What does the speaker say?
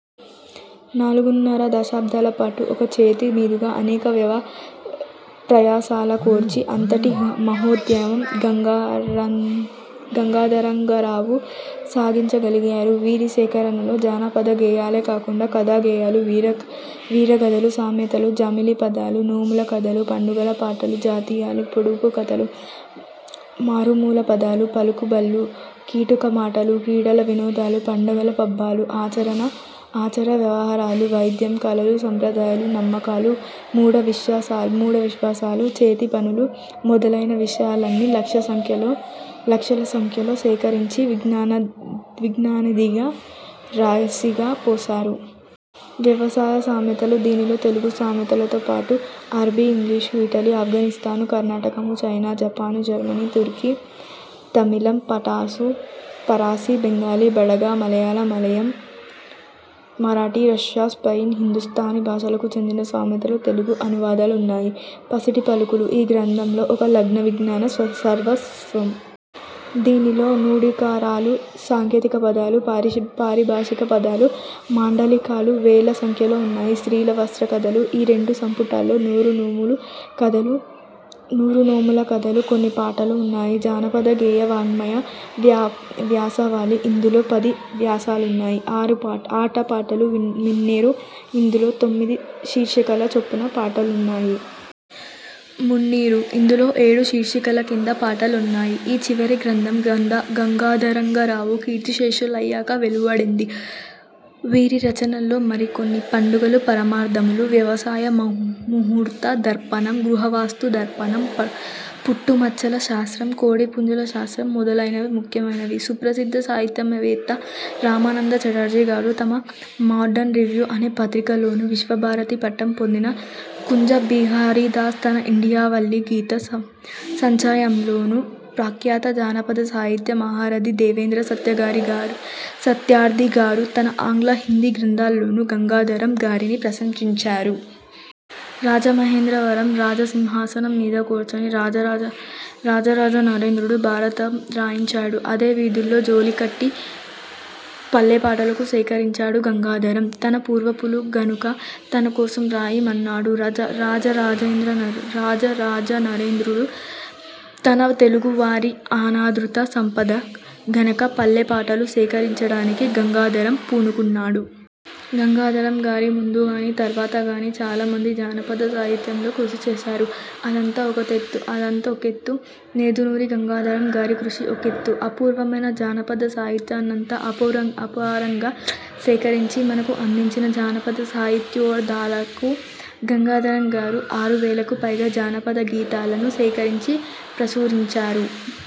నాలుగున్నర దశాబ్దాలపాటు ఒక్క చేతి మీదుగా అనేక వ్యయ ప్రయాసలకోర్చి అంతటి మహోద్యమం గంగాధరంగారు సాధించగలిగారు. వీరి సేకరణలో జానపద గేయాలే కాకుండా కథాగేయాలు, వీరగాథలు, సామెతలు, జమిలి పదాలు, నోముల కథలు, పండుగల పాటలు, జాతీయాలు, పొడుపు కథలు, మారుమూల పదాలు, పలుకుబళ్ళు, కిటుకు మాటలు, క్రీడలు వినోదాలు, పండుగలు పబ్బాలు, ఆచార వ్యవహారాలు, వైద్యం, కళలు, సంప్రదాయాలు, నమ్మకాలు, మూఢవిశ్వాసాలు, చేతిపనులు మొదలైన విష యాలన్నీ లక్షల సంఖ్యలో సేకరించి విజ్ఞాననిధిగా రాశిగా పోశారు. 'వ్యవసాయ సామెతలు', దీనిలో తెలుగు సామెతల తోపాటు అరబ్బీ, ఇంగ్లీషు, ఇటలీ, ఆఫ్ఘనిస్థాను, కర్ణకటము, చైనా, జపాను, జర్మనీ, తుర్కీ, తమిళం, పఠాసు, ఫారసీ, బెంగాళీ, బడగ, మలయా, మలయాళం, మరాఠీ, రష్యా, సైయిను, హిందూస్థానీ భాషలకు చెందిన సామెతల తెలుగు అనువాదాలున్నాయి. 'పసిడి పలుకులు'-, ఈ గ్రంథం ఒక లఘువిజ్ఞాన సర్వస్వం. దీనిలో నుడికారాలు, సాంకేతికపదాలు, పారిభాషిక పదాలు మాండలి కాలు వేల సంఖ్యలో ఉన్నాయి. 'స్త్రీల వస్త్ర కథలు'-, ఈ రెండు సంపుటాల్లో నూరు నోముల కథలు కొన్ని పాటలు ఉన్నాయి. 'జానపద గేయ వాఙ్మయ వ్యాసావళి', ఇందులో పది వ్యాసాలున్నాయి. ఆట పాటలు-. 'మిన్నేరు'-, ఇందులో తొమ్మిది శీర్షికల చొప్పున పాటలున్నాయి. 'మున్నీరు'-, ఇందులో ఏడు శీర్షికల కింద పాటలున్నాయి. ఈ చివరి గ్రంథం గంగాథరంగారు కీర్తిశేషులయ్యాక వెలువడింది. వీరి రచనల్లో మరికొన్ని: పండుగలు-పరమార్థములు, వ్యవసాయ ముహూర్త దర్పణం, గృహవాస్తు దర్ప ణం, పుట్టు మచ్చల శాస్త్రం, కోడిపుంజుల శాస్త్రం మొదలైనవి ముఖ్యమైనవి. సుప్రసిద్ధ సాహిత్యంవేత్త రామానంద చటర్జీ గారు తమ 'మాడర్న్ రివ్యు' అనే పత్రికలోనూ, విశ్వభారతి పట్టం పొందిన కుంజ బిహారీదాస్ తన ఇండియావల్లి గీత సంచయంలోనూ, ప్రఖ్యాత జానపద సాహిత్య మహారథి దేవేంద్ర సత్యార్థి గారు తన ఆంగ్ల, హిందీ గ్రంథాల్లోనూ గంగాధరం గారిని ప్రశంసించారు. రాజమహేంద్ర వరం రాజసింహాసనం మీద కూర్చొని రాజరాజ నరేంద్రుడు భారతం రాయిం చాడు. అదే వీధుల్లో జోలికట్టి పల్లెపాటలకు సేకరించాడు గంగాధరం. తన పూర్వులు గనుక తన కోసం రాయ మన్నాడు రాజరాజనరేంద్రుడు. తన తెలుగు వారి అనాదృత సంపద గనక పల్లెపాటలు సేకరిం చడానికి గంగాధరం పూనుకున్నాడు. గంగాధరం గారి ముందుగానీ, తర్వాతగానీ చాలామంది జానపద సాహిత్యంలో కృషి చేశారు. అదంతా ఒకెత్తు, నేదునూరి గంగాధరం గారి కృషి ఒకెత్తు. అపూర్వమైన జానపద సాహిత్యాన్నంతా అపారంగా సేకరించి మనకు అందించిన జానపద సాహిత్యోద్ధారకు గంగాధరం గారు. ఆరువేలకు పైగా జానపద గీతాలను సేకరించి ప్రచురించారు.